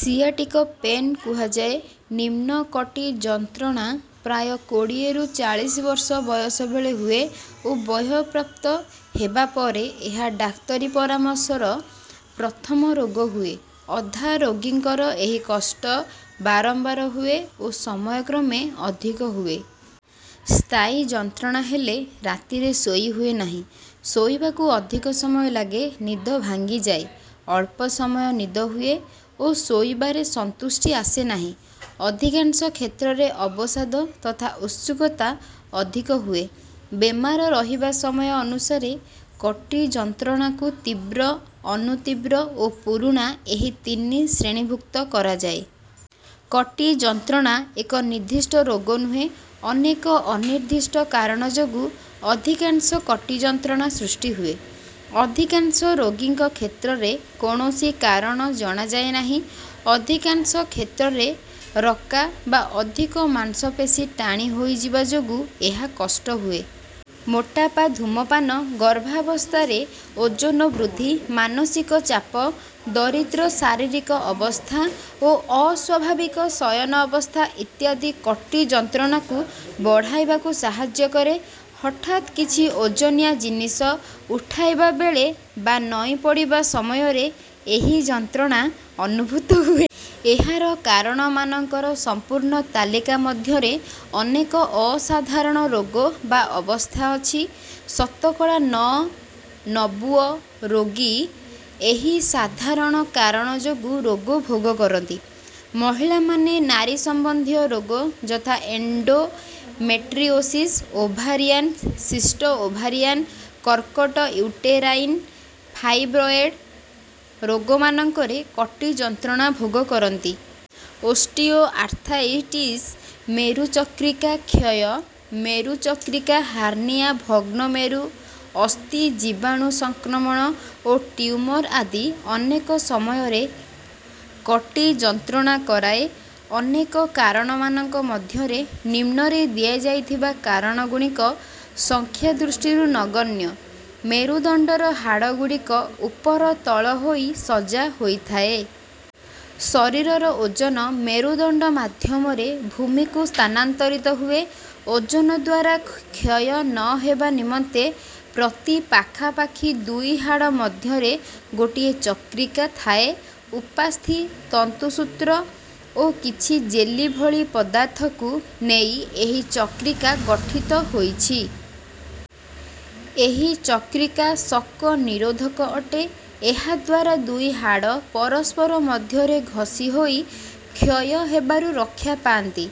Sciatic pain କୁହାଯାଏ। ନିମ୍ନ କଟି ଯନ୍ତ୍ରଣା ପ୍ରାୟ କୋଡ଼ିଏରୁ ଚାଳିଶ ବର୍ଷ ବୟସ ବେଳେ ହୁଏ ଓ ବୟଃପ୍ରାପ୍ତ ହେବା ପରେ ଏହା ଡାକ୍ତରୀ ପରାମର୍ଶର ପ୍ରଥମ ରୋଗ ହୁଏ। ଅଧା ରୋଗୀଙ୍କର ଏହି କଷ୍ଟ ବାରମ୍ବାର ହୁଏ ଓ ସମୟକ୍ରମେ ଅଧିକ ହୁଏ। ସ୍ଥାୟୀ ଯନ୍ତ୍ରଣା ହେଲେ ରାତିରେ ଶୋଇ ହୁଏ ନାହିଁ ଶୋଇବାକୁ ଅଧିକ ସମୟ ଲାଗେ ନିଦ ଭାଙ୍ଗିଯାଏ ଅଳ୍ପ ସମୟ ନିଦ ହୁଏ ଓ ଶୋଇବାରେ ସନ୍ତୁଷ୍ଟି ଆସେ ନାହିଁ। ଅଧିକାଂଶ କ୍ଷେତ୍ରରେ ଅବସାଦ ତଥା ଉତ୍ସୁକତା ଅଧିକ ହୁଏ। ବେମାର ରହିବା ସମୟ ଅନୁସାରେ କଟି ଯନ୍ତ୍ରଣାକୁ ତୀବ୍ର ଅନୁତୀବ୍ର ଓ ପୁରୁଣା ଏହି ତିନି ଶ୍ରେଣୀଭୁକ୍ତ କରାଯାଏ। କଟି ଯନ୍ତ୍ରଣା ଏକ ନିର୍ଦ୍ଦିଷ୍ଟ ରୋଗ ନୁହେଁ ଅନେକ ଅନିର୍ଦ୍ଦିଷ୍ଟ କାରଣ ଯୋଗୁଁ ଅଧିକାଂଶ କଟି ଯନ୍ତ୍ରଣା ସୃଷ୍ଟି ହୁଏ। ଅଧିକାଂଶ ରୋଗୀଙ୍କ କ୍ଷେତ୍ରରେ କୌଣସି କାରଣ ଜଣାଯାଏ ନାହିଁ। ଅଧିକାଂଶ କ୍ଷେତ୍ରରେ ରକା ବା ଅଧିକ ମାଂସପେଶୀ ଟାଣି ହୋଇଯିବା ଯୋଗୁଁ ଏହା କଷ୍ଟ ହୁଏ। ମୋଟାପା ଧୂମପାନ ଗର୍ଭାବସ୍ଥାରେ ଓଜନ ବୃଦ୍ଧି ମାନସିକ ଚାପ ଦରିଦ୍ର ଶାରୀରିକ ଅବସ୍ଥା ଓ ଅସ୍ୱାଭାବିକ ଶୟନ ଅବସ୍ଥା ଇତ୍ୟାଦି କଟି ଯନ୍ତ୍ରଣାକୁ ବଢ଼ାଇବାକୁ ସାହାଯ୍ୟ କରେ। ହଠାତ୍ କିଛି ଓଜନିଆ ଜିନିଷ ଉଠାଇବା ବେଳେ ବା ନଇଁ ପଡ଼ିବା ସମୟରେ ଏହି ଯନ୍ତ୍ରଣା ଅନୁଭୂତ ହୁଏ। ଏହାର କାରଣମାନଙ୍କର ସମ୍ପୂର୍ଣ୍ଣ ତାଲିକା ମଧ୍ୟରେ ଅନେକ ଅସାଧାରଣ ରୋଗ ବା ଅବସ୍ଥା ଅଛି। ଶତକଡ଼ା ନଅ ନବୁଅ ରୋଗୀ ଏହି ସାଧାରଣ କାରଣ ଯୋଗୁଁ ରୋଗ ଭୋଗ କରନ୍ତି। ମହିଳାମାନେ ନାରୀ ସମ୍ବନ୍ଧୀୟ ରୋଗ ଯଥା ଏଣ୍ଡୋମେଟ୍ରିଓସିସ ଓଭାରିଆନ ସିଷ୍ଟ ଓଭାରିଆନ କର୍କଟ ୟୁଟେରାଇନ ଫାଇବ୍ରଏଡ ରୋଗମାନଙ୍କରେ କଟି ଯନ୍ତ୍ରଣା ଭୋଗ କରନ୍ତି। ଓଷ୍ଟିଓଆର୍ଥ୍ରାଇଟିସ ମେରୁ ଚକ୍ରିକା କ୍ଷୟ ମେରୁ ଚକ୍ରିକା ହାର୍ନିଆ ଭଗ୍ନ ମେରୁ ଅସ୍ଥି ଜୀବାଣୁ ସଂକ୍ରମଣ ଓ ଟ୍ୟୁମର ଆଦି ଅନେକ ସମୟରେ କଟି ଯନ୍ତ୍ରଣା କରାଏ। ଅନେକ କାରଣମାନଙ୍କ ମଧ୍ୟରେ ନିମ୍ନରେ ଦିଆଯାଇଥିବା କାରଣଗୁଡ଼ିକ ସଂଖ୍ୟା ଦୃଷ୍ଟିରୁ ନଗଣ୍ୟ। ମେରୁଦଣ୍ଡର ହାଡ଼ଗୁଡ଼ିକ ଉପର ତଳ ହୋଇ ସଜା ହୋଇଥାଏ। ଶରୀରର ଓଜନ ମେରୁଦଣ୍ଡ ମାଧ୍ୟମରେ ଭୂମିକୁ ସ୍ଥାନାନ୍ତରିତ ହୁଏ। ଓଜନ ଦ୍ୱାରା କ୍ଷୟ ନ ହେବା ନିମନ୍ତେ ପ୍ରତି ପାଖାପାଖି ଦୁଇ ହାଡ଼ ମଧ୍ୟରେ ଗୋଟିଏ ଚକ୍ରିକା ଥାଏ। ଉପାସ୍ଥି ତନ୍ତୁସୂତ୍ର ଓ କିଛି ଜେଲି ଭଳି ପଦାର୍ଥକୁ ନେଇ ଏହି ଚକ୍ରିକା ଗଠିତ ହୋଇଛି। ଏହି ଚକ୍ରିକା ଷକ ନିରୋଧକ ଅଟେ। ଏହା ଦ୍ୱାରା ଦୁଇ ହାଡ଼ ପରସ୍ପର ମଧ୍ୟରେ ଘଷି ହୋଇ କ୍ଷୟ ହେବାରୁ ରକ୍ଷା ପାଆନ୍ତି।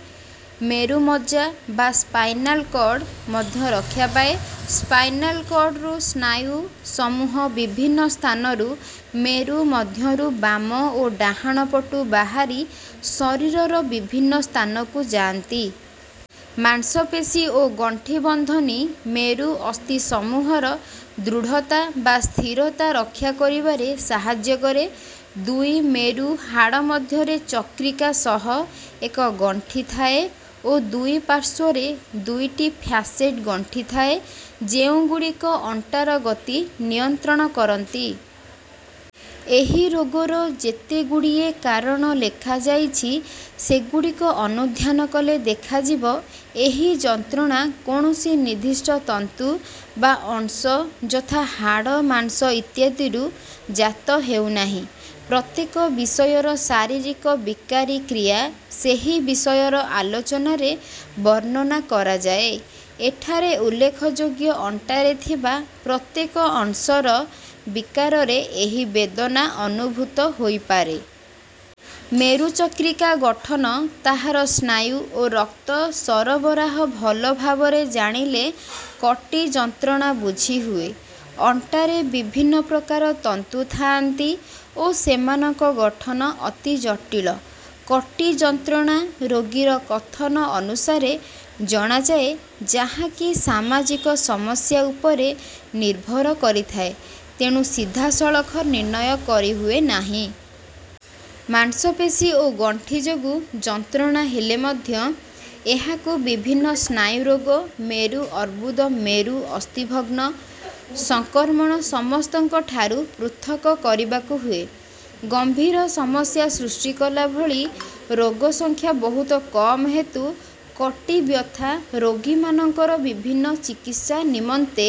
ମେରୁ ମଜ୍ଜା ବା ସ୍ପାଇନାଲ କଡ଼ ମଧ୍ୟ ରକ୍ଷା ପାଏ। ସ୍ପାଇନାଲ କଡ଼ରୁ ସ୍ନାୟୁସମୂହ ବିଭିନ୍ନ ସ୍ଥାନରୁ ମେରୁ ମଧ୍ୟରୁ ବାମ ଓ ଡାହାଣ ପଟୁ ବାହାରି ଶରୀରର ବିଭିନ୍ନ ସ୍ଥାନକୁ ଯାଆନ୍ତି। ମାଂସପେଶୀ ଓ ଗଣ୍ଠି ବନ୍ଧନୀ ମେରୁ ଅସ୍ଥିସମୂହର ଦୃଢ଼ତା ବା ସ୍ଥିରତା ରକ୍ଷା କରିବାରେ ସାହାଯ୍ୟ କରେ। ଦୁଇ ମେରୁ ହାଡ଼ ମଧ୍ୟରେ ଚକ୍ରିକା ସହ ଏକ ଗଣ୍ଠି ଥାଏ ଓ ଦୁଇ ପାର୍ଶ୍ୱରେ ଦୁଇଟି ଫ୍ୟାସେଟ ଗଣ୍ଠି ଥାଏ ଯେଉଁଗୁଡ଼ିକ ଅଣ୍ଟାର ଗତି ନିୟନ୍ତ୍ରଣ କରନ୍ତି। ଏହି ରୋଗର ଯେତେଗୁଡ଼ିଏ କାରଣ ଲେଖାଯାଇଛି ସେଗୁଡ଼ିକ ଅନୁଧ୍ୟାନ କଲେ ଦେଖାଯିବ ଏହି ଯନ୍ତ୍ରଣା କୌଣସି ନିର୍ଦ୍ଦିଷ୍ଟ ତନ୍ତୁ ବା ଅଂଶ ଯଥା ହାଡ଼ ମାଂସ ଇତ୍ୟାଦିରୁ ଜାତ ହେଉନାହିଁ। ପ୍ରତ୍ୟେକ ବିଷୟର ଶାରୀରିକ ବିକାରୀ କ୍ରିୟା ସେହି ବିଷୟର ଆଲୋଚନାରେ ବର୍ଣ୍ଣନା କରାଯାଏ। ଏଠାରେ ଉଲ୍ଲେଖଯୋଗ୍ୟ ଅଣ୍ଟାରେ ଥିବା ପ୍ରତ୍ୟେକ ଅଂଶର ବିକାରରେ ଏହି ବେଦନା ଅନୁଭୂତ ହୋଇପାରେ। ମେରୁ ଚକ୍ରିକା ଗଠନ ତାହାର ସ୍ନାୟୁ ଓ ରକ୍ତ ସରବରାହ ଭଲ ଭାବରେ ଜାଣିଲେ କଟି ଯନ୍ତ୍ରଣା ବୁଝିହୁଏ। ଅଣ୍ଟାରେ ବିଭିନ୍ନ ପ୍ରକାର ତନ୍ତୁ ଥାଆନ୍ତି ଓ ସେମାନଙ୍କ ଗଠନ ଅତି ଜଟିଳ। କଟି ଯନ୍ତ୍ରଣା ରୋଗୀର କଥନ ଅନୁସାରେ ଜଣାଯାଏ ଯାହାକି ସାମାଜିକ ସମସ୍ୟା ଉପରେ ନିର୍ଭର କରିଥାଏ ତେଣୁ ସିଧାସଳଖ ନିର୍ଣ୍ଣୟ କରିହୁଏ ନାହିଁ। ମାଂସପେଶୀ ଓ ଗଣ୍ଠି ଯୋଗୁଁ ଯନ୍ତ୍ରଣା ହେଲେ ମଧ୍ୟ ଏହାକୁ ବିଭିନ୍ନ ସ୍ନାୟୁ ରୋଗ ମେରୁ ଅର୍ବୁଦ ମେରୁ ଅସ୍ଥିଭଗ୍ନ ସଂକ୍ରମଣ ସମସ୍ତଙ୍କଠାରୁ ପୃଥକ କରିବାକୁ ହୁଏ। ଗମ୍ଭୀର ସମସ୍ୟା ସୃଷ୍ଟି କଲା ଭଳି ରୋଗ ସଂଖ୍ୟା ବହୁତ କମ ହେତୁ କଟି ବ୍ୟଥା ରୋଗୀମାନଙ୍କର ବିଭିନ୍ନ ଚିକିତ୍ସା ନିମନ୍ତେ